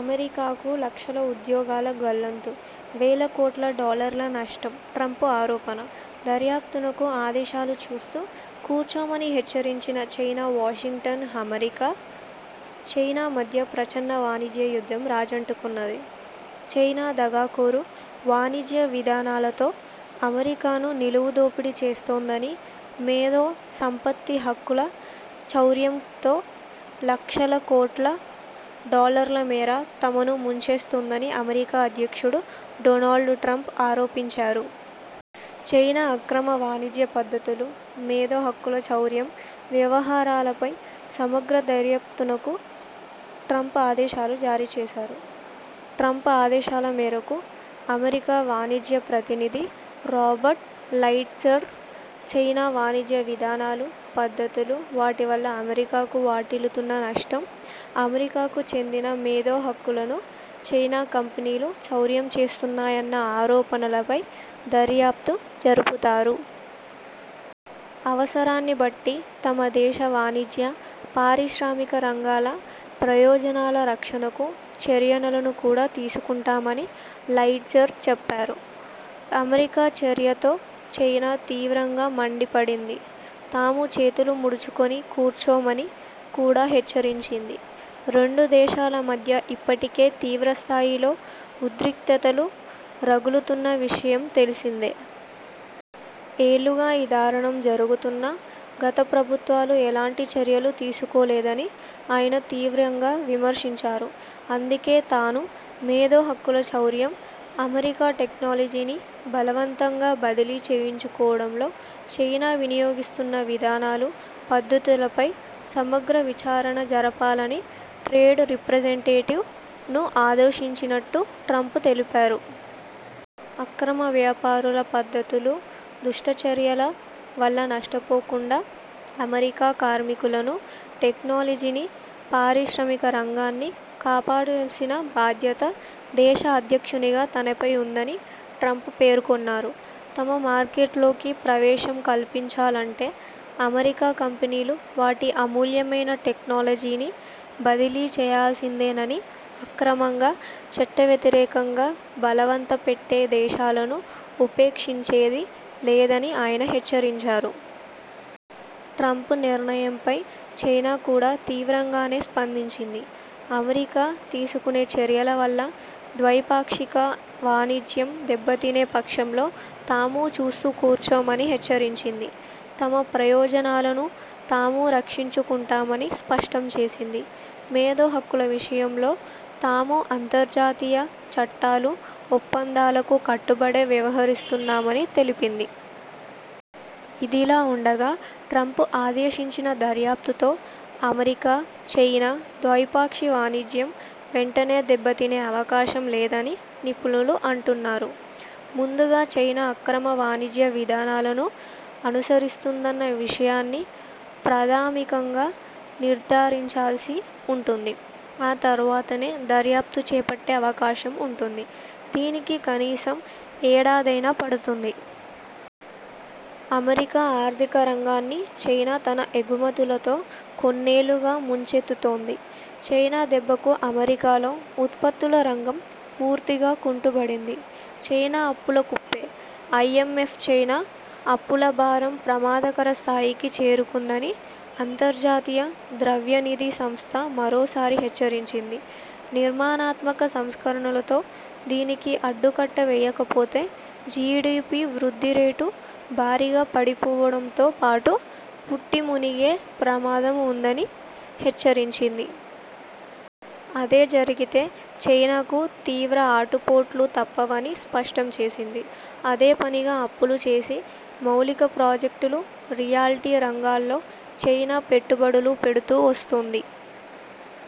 అమెరికాకు లక్షల ఉద్యోగాల గల్లంతు వేల కోట్ల డాలర్ల నష్టం ట్రంప్ ఆరోపణ.. దర్యాప్తునకు ఆదేశాలు చూస్తూ కూర్చోమని హెచ్చరించిన చైనా వాషింగ్టన్ అమెరికా, చైనా మధ్య ప్రచ్ఛన్న వాణిజ్య యుద్ధం రాజుకుంటున్నది. చైనా దగాకోరు వాణిజ్య విధానాలతో అమెరికాను నిలువు దోపిడీ చేస్తోందనీ, మేధో సంపత్తి హక్కుల చౌర్యంతో లక్షల కోట్ల డాలర్ల మేర తమను ముంచేస్తోందని అమెరికా అధ్యక్షుడు డొనాల్డ్ ట్రంప్ ఆరోపించారు. చైనా అక్రమ వాణిజ్య పద్ధతులు, మేధో హక్కుల చౌర్యం వ్యవహారాలపై సమగ్ర దర్యాప్తునకు ట్రంప్ ఆదేశాలు జారీ చేశారు. ట్రంప్ ఆదేశాల మేరకు అమెరికా వాణిజ్య ప్రతినిధి రాబర్ట్ లైట్జర్, చైనా వాణిజ్య విధానాలు, పద్ధతులు, వాటి వల్ల అమెరికాకు వాటిల్లుతున్న నష్టం, అమెరికాకు చెందిన మేధో హక్కులను చైనా కంపెనీలు చౌర్యం చేస్తున్నాయన్న ఆరోపణలపై దర్యాప్తు జరుపుతారు. అవసరాన్ని బట్టి తమ దేశ వాణిజ్య, పారిశ్రామిక రంగాల ప్రయోజనాల రక్షణకు చర్యలను కూడా తీసుకుంటామని లైట్జర్ చెప్పారు. అమెరికా చర్యతో చైనా తీవ్రంగా మండిపడింది. తాము చేతులు ముడుచుకొని కూర్చోమని కూడా హెచ్చరించింది. రెండు దేశాల మధ్య ఇప్పటికే తీవ్ర స్థాయిలో ఉద్రిక్తతలు రగులుతున్న విషయం తెలిసిందే. ఏళ్లుగా ఈ దారుణం జరుగుతున్నా, గత ప్రభుత్వాలు ఏలాంటి చర్యలు తీసుకోలేదని ఆయన తీవ్రంగా విమర్శించారు. అందుకే తాను, మేధో హక్కుల చౌర్యం, అమెరికా టెక్నాలజీని బలవంతంగా బదిలీ చేయించుకోవడంలో చైనా వినియోగిస్తున్న విధానాలు, పద్ధతులపై సమగ్ర విచారణ జరపాలని ట్రేడ్ రిప్రెజంటేటివ్ ను ఆదేశించినట్టుగా ట్రంప్ తెలిపారు. అక్రమ వ్యాపార పద్ధతులు, దుష్టచర్యల వల్ల నష్టపోకుండా అమెరికా కార్మికులను, టెక్నాలజీని, పారిశ్రామిక రంగాన్ని కాపాడాల్సిన బాధ్యత దేశ అధ్యక్షునిగా తనపై ఉందని ట్రంప్ పేర్కొన్నారు. తమ మార్కెట్లోకి ప్రవేశం కల్పించాలంటే అమెరికా కంపెనీలు వాటి అమూల్యమైన టెక్నాలజీని బదిలీ చేయాల్సిందేనని అక్రమంగా, చట్టవ్యతిరేకంగా బలవంత పెట్టే దేశాలను ఉపేక్షించేది లేదని ఆయన హెచ్చరించారు. ట్రంప్ నిర్ణయంపై చైనా కూడా తీవ్రంగానే స్పందించింది. అమెరికా తీసుకునే చర్యల వల్ల ద్వైపాక్షిక వాణిజ్యం దెబ్బతినే పక్షంలో తాము చూస్తూ కూర్చోమని హెచ్చరించింది. తమ ప్రయోజనాలను తాము రక్షించుకుంటామని స్పష్టం చేసింది. మేధో హక్కుల విషయంలో తాము అంతర్జాతీయ చట్టాలు, ఒప్పందాలకు కట్టుబడే వ్యవహరిస్తున్నామని తెలిపింది. ఇదిలా ఉండగా ట్రంప్ ఆదేశించిన దర్యాప్తుతో అమెరికా, చైనా ద్వైపాక్షి వాణిజ్యం వెంటనే దెబ్బతినే అవకాశం లేదని నిపుణులు అంటున్నారు. ముందుగా చైనా అక్రమ వాణిజ్య విధానాలను అనుసరిస్తుందన్న విషయాన్ని ప్రాధమికంగా నిర్ధారించాల్సి ఉంటుంది. ఆ తర్వాతనే దర్యాప్తు చేపట్టే అవకాశం ఉంటుంది. దీనికి కనీసం ఏడాదైనా పడుతుంది. అమెరికా ఆర్థిక రంగాన్ని చైనా తన ఎగుమతులతో కొన్నేళ్లుగా ముంచెత్తుతోంది. చైనా దెబ్బకు అమెరికాలో ఉత్పత్తుల రంగం పూర్తిగా కుంటుబడింది. చైనా అప్పుల కుప్పే ఐఎంఎఫ్చైనా అప్పుల భారం ప్రమాదకర స్థాయికి చేరుకుందని అంతర్జాతీయ ద్రవ్యనిధి సంస్థ మరోసారి హెచ్చరించింది. నిర్మాణాత్మక సంస్కరణలతో దీనికి అడ్డుకట్ట వేయకపోతే జిడిపి వృద్ధి రేటు భారీగా పడిపోవడంతో పాటు పుట్టి మునిగే ప్రమాదం ఉందని హెచ్చరించింది. అదే జరిగితే చైనాకు తీవ్ర ఆటుపోట్లూ తప్పవని స్పష్టం చేసింది. అదేపనిగా అప్పులు చేసి మౌలిక ప్రాజెక్టులు, రియల్టీ రంగాల్లో చైనా పెట్టుబడులు పెడుతూ వస్తోంది.